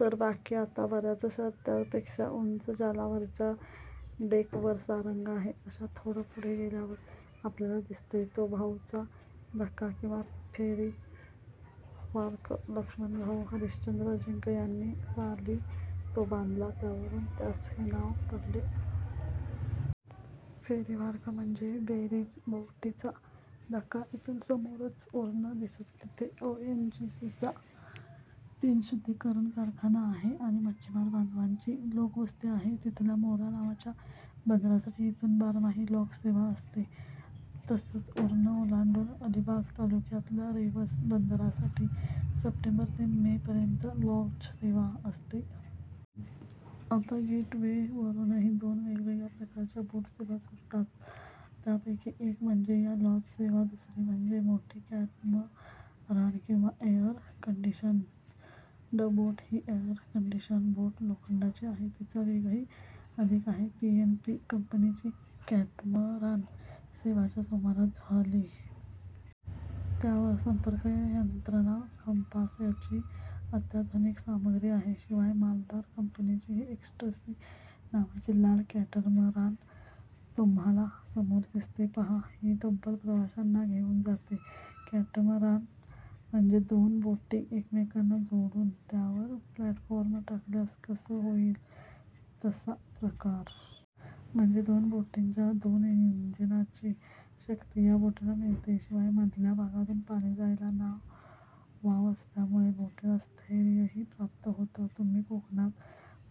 तर बाकी आता बऱ्याचशा त्यापेक्षा उंच, ज्याला वरच्या डेकवर सारंग आहे, अशा. थोडं पुढे गेल्यावर आपल्याला दिसतोय तो भाऊचा धक्का किंवा फेरी व्हार्फ. लक्ष्मणभाऊ हरिश्चंद्र अजिंक्य यांनी साली तो बांधला, त्यावरून त्यास हे नाव पडलं. फेरीव्हार्फ म्हणजे फेरीबोटींचा धक्का. इथून समोरच उरण दिसतं. तिथे ओएनजीसीचा तेलशुध्दीकरण कारखाना आहे आणि मच्छिमार बांधवांची लोकवस्ती आहे. तिथल्या मोरा नावाच्या बंदरासाठी इथून बारमाही लाँचसेवा असते. तसंच उरण ओलांडून अलिबाग तालुक्यातल्या रेवस बंदरासाठी सप्टेंबर ते मेपर्यंत लाँचसेवा असते. आता गेटवेवरूनही दोन वेगवेगळ्या प्रकारच्या बोटसेवा सुटतात. त्यापैकी एक म्हणजे या लाँचसेवा. दुसरी म्हणजे मोठी कॅटमरान किंवा एअरकंडिशन्ड बोट. ही एअरकंडिशन्ड बोट लोखंडाची आहे, तिचा वेगही अधिक आहे. पीएनपी कंपनीची कॅटमरान सेवा च्या सुमारास सुरू झाली. त्यावर संपर्कयंत्रणा, कम्पास यांची अत्याधुनिक सामग्री आहे. शिवाय मालदार कंपनीचीही एक्स्टसी नावाची लाल कॅटमरान तुम्हाला समोर दिसतेय पहा. ही तब्बल प्रवाशांना घेऊन जाते. कॅटमरान म्हणजे दोन बोटी एकमेकांना जोडून त्यावर प्लॅटफार्म टाकल्यास कसं होईल, तसा प्रकार. म्हणजे दोन बोटींच्या दोन इंजिनांची शक्ती या बोटीला मिळते, शिवाय मधल्या भागातून पाणी जायला वाव असल्यामुळे बोटीला स्थैर्यही प्राप्त होतं. तुम्ही कोकणात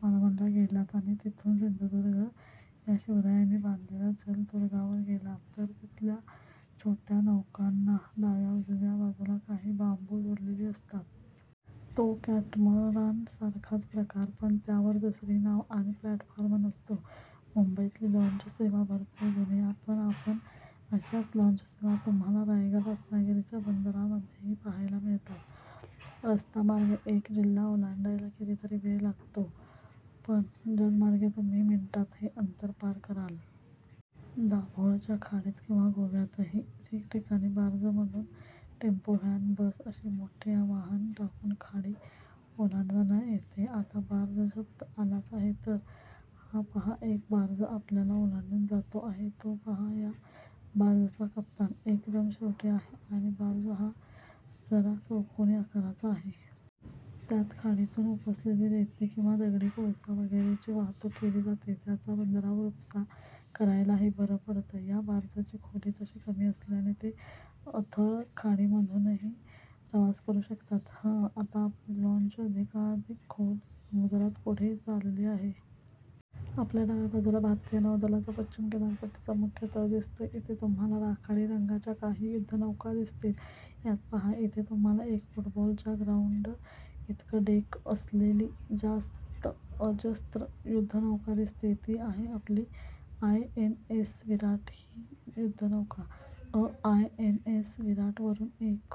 मालवणला गेलात आणि तिथून सिंधुदुर्ग या शिवरायांनी बांधलेल्या जलदुर्गावर गेलात, तर तिथल्या छोट्या नौकांना डाव्या-उजव्या बाजूला काही बांबू जोडलेले असतात. तो कॅटमरानसारखाच प्रकार, पण त्यावर दुसरी नाव आणि प्लॅटफॉर्म नसतो. मुंबईतली लाँचसेवा भरपूर जुनी. पण आता अशाच लाँचसेवा तुम्हाला रायगड, रत्नागिरीच्या बंदरांमध्येही पहायला मिळतात. रस्तामार्गे एक जिल्हा ओलांडायला कितीतरी वेळ लागेल, पण जलमार्गे तुम्ही मिनिटांत हे अंतर पार करता. दाभोळच्या खाडीत किंवा गोव्यातही ठिकठिकाणी बार्जमधून टेम्पो, व्हॅन, बस अशी मोठी वाहनं टाकून खाडी ओलांडता येते. आता बार्ज शब्द आलाच आहे, तर हा पहा एक बार्ज आपल्याला ओलांडून जातो आहे, तो पहा. या बार्जचा कप्तान एकदम शेवटी आहे आणि बार्ज हा जरा चौकोनी आकाराचा आहे. त्यात खाडीतून उपसलेली रेती किंवा दगडी कोळसा वगैरेची वाहतूक केली जाते. त्याचा बंदरावर उपसा करायलाही बरं पडतं. या बार्जची खोली तशी कमी असल्याने ते उथळ खाडीमधूनही प्रवास करू शकतात. हं, आता आपली लाँच अधिकाधिक खोल समुद्रात पुढे चालली आहे. आपल्या डाव्या बाजूला भारतीय नौदलाचा पश्चिम किनारपट्टीचा मुख्य तळ दिसतोय. इथे तुम्हाला राखाडी रंगाच्या काही युध्दनौका दिसतील. यात पहा, इथे तुम्हाला एक फुटबॉलच्या ग्राऊन्डइतकं डेक असलेली अजस्त्र युध्दनौका दिसतेय. ती आहे आपली आयएनएस विराट ही युध्दनौका. हं, आयएनएस विराटवरून एक